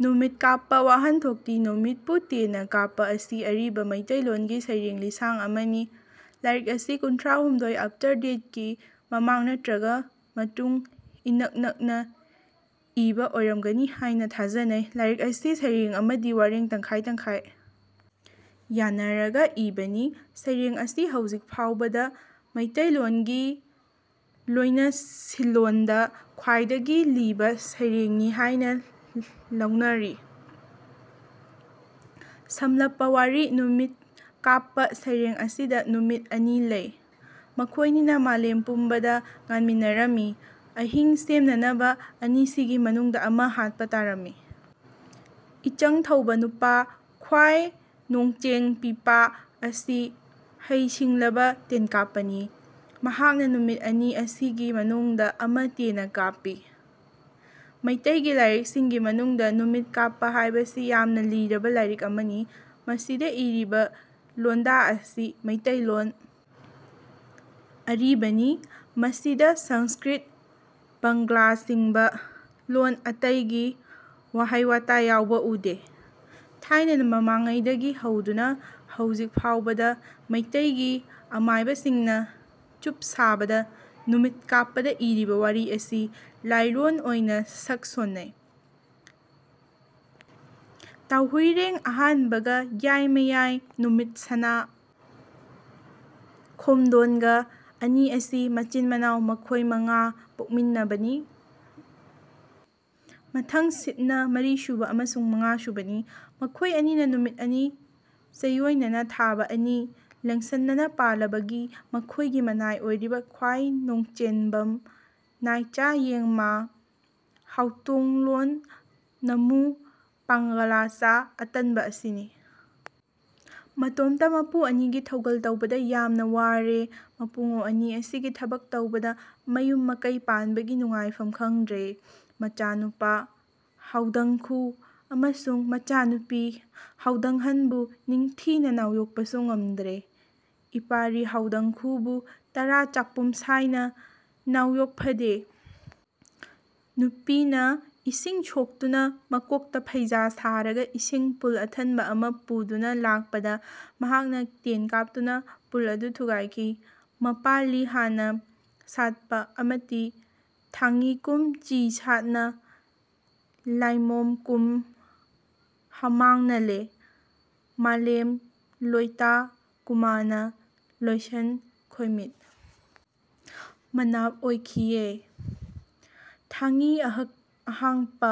ꯅꯨꯃꯤꯠ ꯀꯥꯞꯄ ꯋꯥꯍꯟꯊꯣꯛꯇꯤ ꯅꯨꯃꯤꯠꯄꯨ ꯇꯦꯟꯅ ꯀꯥꯞꯄ ꯑꯁꯤ ꯑꯔꯤꯕ ꯃꯤꯇꯩꯂꯣꯟꯒꯤ ꯁꯩꯔꯦꯡ ꯂꯤꯁꯥꯡ ꯑꯃꯅꯤ꯫ ꯂꯥꯢꯔꯤꯛ ꯑꯁꯤ ꯀꯨꯟꯊ꯭ꯔꯥꯍꯨꯝꯗꯣꯏ ꯑꯐꯇꯔ ꯗꯦꯠꯀꯤ ꯃꯃꯥꯡ ꯅꯠꯇ꯭ꯔꯒ ꯃꯇꯨꯡ ꯏꯅꯛ ꯅꯛꯅ ꯏꯕ ꯑꯣꯢꯔꯝꯒꯅꯤ ꯍꯥꯏꯅ ꯊꯥꯖꯅꯩ꯫ ꯂꯥꯢꯔꯤꯛ ꯑꯁꯤ ꯁꯩꯔꯦꯡ ꯑꯃꯗꯤ ꯋꯥꯔꯦꯡ ꯇꯪꯈꯥꯢ ꯇꯪꯈꯥꯢ ꯌꯥꯟꯅꯔꯒ ꯏꯕꯅꯤ꯫ ꯁꯩꯔꯦꯡ ꯑꯁꯤ ꯍꯧꯖꯤꯛ ꯐꯥꯎꯕꯗ ꯃꯤꯇꯩꯂꯣꯟꯒꯤ ꯂꯣꯢꯅꯁꯤꯟꯂꯣꯟꯗ ꯈ꯭ꯋꯥꯢꯗꯒꯤ ꯂꯤꯕ ꯁꯩꯔꯦꯡꯅꯤ ꯍꯥꯏꯅ ꯂꯧꯅꯔꯤ꯫ ꯁꯝꯂꯞꯄ ꯋꯥꯔꯤ ꯅꯨꯃꯤꯠ ꯀꯥꯞꯄ ꯁꯩꯔꯦꯡ ꯑꯁꯤꯗ ꯅꯨꯃꯤꯠ ꯑꯅꯤ ꯂꯩ꯫ ꯃꯈꯣꯢꯅꯤꯅ ꯃꯥꯂꯦꯝ ꯄꯨꯝꯕꯗ ꯉꯥꯟꯃꯤꯟꯅꯔꯝꯏ꯫ ꯑꯍꯤꯡ ꯁꯦꯝꯅꯅꯕ ꯑꯅꯤꯁꯤꯒꯤ ꯃꯅꯨꯡꯗ ꯑꯃ ꯍꯥꯠꯄ ꯇꯥꯔꯝꯃꯤ꯫ ꯏꯆꯪ ꯊꯧꯕ ꯅꯨꯄꯥ ꯈ꯭ꯋꯥꯢ ꯅꯣꯡꯆꯦꯡ ꯄꯤꯄꯥ ꯑꯁꯤ ꯍꯩ ꯁꯤꯡꯂꯕ ꯇꯦꯟꯀꯥꯞꯄꯅꯤ꯫ ꯃꯍꯥꯛꯅ ꯅꯨꯃꯤꯠ ꯑꯅꯤ ꯑꯁꯤꯒꯤ ꯃꯅꯨꯡꯗ ꯑꯃ ꯇꯦꯟꯅ ꯀꯥꯞꯄꯤ꯫ ꯃꯩꯇꯩꯒꯤ ꯂꯥꯏꯔꯤꯛꯁꯤꯡꯒꯤ ꯃꯅꯨꯡꯗ ꯅꯨꯃꯤꯠ ꯀꯥꯞꯄ ꯍꯥꯏꯕꯁꯤ ꯌꯥꯝꯅ ꯂꯤꯔꯕ ꯂꯥꯏꯔꯤꯛ ꯑꯃꯅꯤ꯫ ꯃꯁꯤꯗ ꯏꯔꯤꯕ ꯂꯣꯟꯗꯥ ꯑꯁꯤ ꯃꯩꯇꯩꯂꯣꯟ ꯑꯔꯤꯕꯅꯤ꯫ ꯃꯁꯤꯗ ꯁꯟꯁ꯭ꯀ꯭ꯔꯤꯠ ꯕꯥꯡꯂꯥꯅꯆꯤꯡꯕ ꯂꯣꯟ ꯑꯇꯩꯒꯤ ꯋꯥꯍꯩ ꯋꯥꯇꯥ ꯌꯥꯎꯕ ꯎꯗꯦ꯫ ꯊꯥꯏꯅ ꯃꯃꯥꯡꯉꯩꯗꯒꯤ ꯍꯧꯗꯨꯅ ꯍꯧꯖꯤꯛ ꯐꯥꯎꯕꯗ ꯃꯩꯇꯩꯒꯤ ꯑꯃꯥꯏꯕꯁꯤꯡꯅ ꯆꯨꯞ ꯁꯥꯕꯗ ꯅꯨꯃꯤꯠ ꯀꯥꯞꯄꯗ ꯏꯔꯤꯕ ꯋꯥꯔꯤ ꯑꯁꯤ ꯂꯥꯏꯔꯣꯟ ꯑꯣꯏꯅ ꯁꯛ ꯁꯣꯟꯅꯩ꯫ ꯇꯥꯎꯍꯨꯏꯔꯦꯡ ꯑꯍꯟꯕꯒ ꯌꯣꯏꯃꯌꯥꯏ ꯅꯨꯃꯤꯠ ꯁꯅꯥ ꯈꯣꯝꯃꯗꯣꯟꯒ ꯑꯅꯤ ꯑꯁꯤ ꯃꯆꯤꯟ ꯃꯅꯥꯎ ꯃꯈꯣꯏ ꯃꯉꯥ ꯄꯣꯛꯃꯤꯟꯅꯕꯒꯤ ꯃꯊꯪꯁꯤꯠꯅ ꯃꯔꯤꯁꯨꯕ ꯑꯃꯁꯨꯡ ꯃꯉꯥꯁꯨꯕꯅꯤ꯫ ꯃꯈꯣꯏ ꯑꯅꯤꯅ ꯅꯨꯃꯤꯠ ꯑꯅꯤ ꯆꯩꯑꯣꯏꯅꯅ ꯊꯕꯥ ꯑꯅꯤ ꯂꯦꯡꯁꯟꯅꯅ ꯄꯥꯜꯂꯕꯒꯤ ꯃꯈꯣꯏꯒꯤ ꯃꯅꯥꯏ ꯑꯣꯏꯔꯤꯕ ꯈ꯭ꯋꯥꯏ ꯅꯣꯡꯆꯦꯟꯕꯝ ꯅꯥꯏꯆꯥ ꯌꯦꯛꯃꯥ ꯍꯥꯎꯇꯣꯡꯂꯥꯟ ꯅꯃꯨ ꯄꯣꯡꯉꯥꯂꯥꯆꯥ ꯑꯇꯟꯕ ꯑꯁꯤꯅ ꯃꯇꯣꯝꯇ ꯃꯄꯨ ꯑꯅꯤꯒꯤ ꯊꯧꯒꯜ ꯇꯧꯕꯗ ꯌꯥꯝꯅ ꯋꯥꯔꯦ ꯃꯄꯨꯡꯉꯣ ꯑꯅꯤ ꯑꯁꯤꯒꯤ ꯊꯕꯛ ꯇꯧꯕꯗ ꯃꯌꯨꯝ ꯃꯀꯩ ꯄꯥꯟꯕꯒꯤ ꯅꯨꯡꯉꯥꯏꯐꯝ ꯈꯪꯗ꯭ꯔꯦ꯫ ꯃꯆꯥ ꯅꯨꯄꯥ ꯍꯥꯎꯗꯪꯈꯨ ꯑꯃꯁꯨꯡ ꯃꯆꯥ ꯅꯨꯄꯤ ꯍꯥꯎꯗꯪꯍꯟꯕꯨ ꯅꯤꯡꯊꯤꯅ ꯅꯥꯎꯌꯣꯛꯄꯁꯨ ꯉꯝꯗ꯭ꯔꯦ꯫ ꯏꯄꯥꯔꯤ ꯍꯥꯎꯗꯪꯈꯨꯕꯨ ꯇꯔꯥ ꯆꯥꯛꯄꯨꯝ ꯁꯥꯏꯅ ꯅꯥꯎꯌꯣꯛꯐꯗꯦ ꯅꯨꯄꯤꯅ ꯏꯁꯤꯡ ꯁꯣꯛꯇꯨꯅ ꯃꯀꯣꯛꯇ ꯐꯩꯖꯥ ꯁꯥꯔꯒ ꯏꯁꯤꯡ ꯄꯨꯜ ꯑꯊꯟꯕ ꯑꯃ ꯄꯨꯗꯨꯅ ꯂꯥꯛꯄꯗ ꯃꯍꯥꯛꯅ ꯇꯦꯟ ꯀꯥꯞꯇꯨꯅ ꯄꯨꯜ ꯑꯗꯨ ꯊꯨꯒꯥꯏꯈꯤ꯫ ꯃꯄꯥꯂꯤ ꯍꯥꯟꯅ ꯁꯥꯠꯄ ꯑꯃꯇꯤ ꯊꯥꯡꯌꯤꯀꯨꯝ ꯆꯤ ꯁꯠꯅ ꯂꯣꯢꯃꯣꯝ ꯀꯨꯝ ꯍꯝꯃꯥꯡꯅꯂꯦ ꯃꯥꯂꯦꯝ ꯂꯣꯢꯇ ꯀꯨꯃꯥꯅ ꯂꯣꯢꯁꯣꯟ ꯈꯣꯢꯃꯤꯠ ꯃꯥꯅꯞ ꯑꯣꯢꯈꯤꯑꯦ꯫ ꯊꯥꯡꯌꯤ ꯑꯍꯥꯡꯄ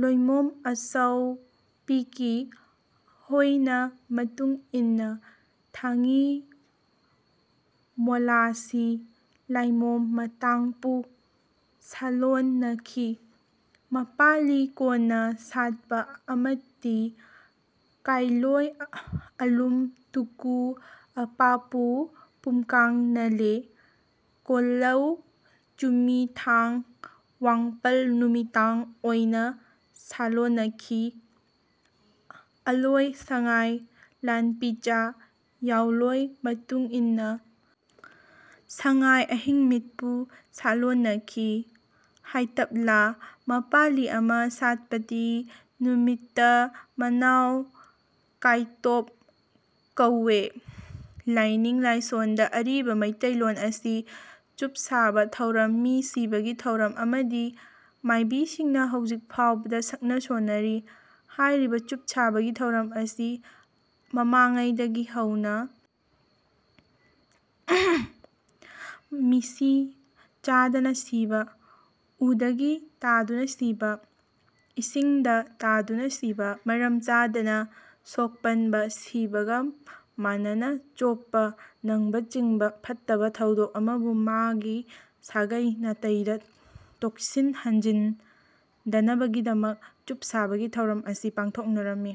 ꯂꯣꯢꯃꯣꯝ ꯑꯆꯥꯎꯄꯤꯀꯤ ꯍꯣꯢꯅ ꯃꯇꯨꯡꯏꯟꯅ ꯊꯥꯡꯌꯤ ꯃꯣꯂꯥꯁꯤ ꯂꯣꯢꯃꯣꯝ ꯃꯇꯥꯡꯄꯨ ꯁꯂꯣꯟꯅꯈꯤ꯫ ꯃꯄꯥꯂꯤ ꯀꯣꯟꯅ ꯁꯥꯠꯄ ꯑꯃꯇꯤ ꯀꯥꯢꯂꯣꯢ ꯑꯂꯨꯝ ꯇꯨꯀꯨ ꯃꯄꯥꯄꯨ ꯄꯨꯝꯀꯥꯡꯅꯂꯦ ꯀꯣꯂꯧ ꯆꯨꯃꯤꯊꯥꯡ ꯋꯥꯡꯄꯜ ꯅꯨꯃꯤꯇꯥꯡ ꯑꯣꯢꯅ ꯁꯥꯂꯣꯟꯅꯈꯤ꯫ ꯑꯂꯣꯢ ꯁꯉꯥꯢ ꯂꯥꯜꯄꯤꯆꯥ ꯌꯥꯎꯂꯣꯢ ꯃꯇꯨꯡꯏꯟꯅ ꯁꯉꯥꯢ ꯑꯍꯤꯡꯃꯤꯠꯄꯨ ꯁꯥꯂꯣꯟꯅꯈꯤ꯫ ꯍꯥꯢꯇꯄꯂꯥ꯫ ꯃꯄꯥꯂꯤ ꯑꯃ ꯁꯥꯠꯄꯇꯤ ꯅꯨꯃꯤꯇ ꯃꯅꯥꯎ ꯀꯥꯢꯇꯪꯄ ꯀꯧꯑꯦ꯫ ꯂꯥꯢꯅꯤꯡ ꯂꯥꯢꯁꯣꯟꯗ ꯑꯔꯤꯕ ꯃꯤꯇꯩꯂꯣꯟ ꯑꯁꯤ ꯆꯨꯞꯁꯥꯕ ꯊꯧꯔꯝ ꯃꯤ ꯁꯤꯕꯒꯤ ꯊꯧꯔꯝ ꯑꯃꯗ ꯃꯥꯢꯕꯤꯁꯤꯡꯅ ꯍꯧꯖꯤꯛ ꯐꯥꯎꯕꯗ ꯁꯛꯅ ꯁꯣꯟꯅꯔꯤ꯫ꯍꯥꯏꯔꯤꯕ ꯆꯨꯞ ꯁꯥꯕꯒꯤ ꯊꯧꯔꯝ ꯑꯁꯤ ꯃꯃꯥꯡꯉꯩꯗꯒꯤ ꯍꯧꯅ ꯃꯤꯁꯤ ꯆꯥꯗꯅ ꯁꯤꯕ ꯎꯗꯒꯤ ꯇꯥꯗꯨꯅ ꯁꯤꯕ ꯏꯁꯤꯡꯗ ꯇꯥꯗꯨꯅ ꯁꯤꯕ ꯃꯔꯝ ꯆꯥꯗꯅ ꯁꯣꯛꯄꯟꯕ ꯁꯤꯕꯒ ꯃꯥꯟꯅꯅ ꯆꯣꯞꯄ ꯅꯪꯕꯅꯆꯤꯡꯕ ꯐꯠꯇꯕ ꯊꯧꯗꯣꯛ ꯑꯃꯕꯨ ꯃꯥꯒꯤ ꯁꯥꯒꯩ ꯅꯥꯇꯩꯗ ꯇꯦꯛꯁꯤꯟ ꯍꯟꯖꯤꯟꯗꯅꯕꯒꯤꯗꯃꯛ ꯆꯨꯞ ꯁꯥꯕꯒꯤ ꯊꯧꯔꯝ ꯑꯁꯤ ꯄꯥꯡꯊꯣꯛꯅꯔꯝꯃꯤ꯫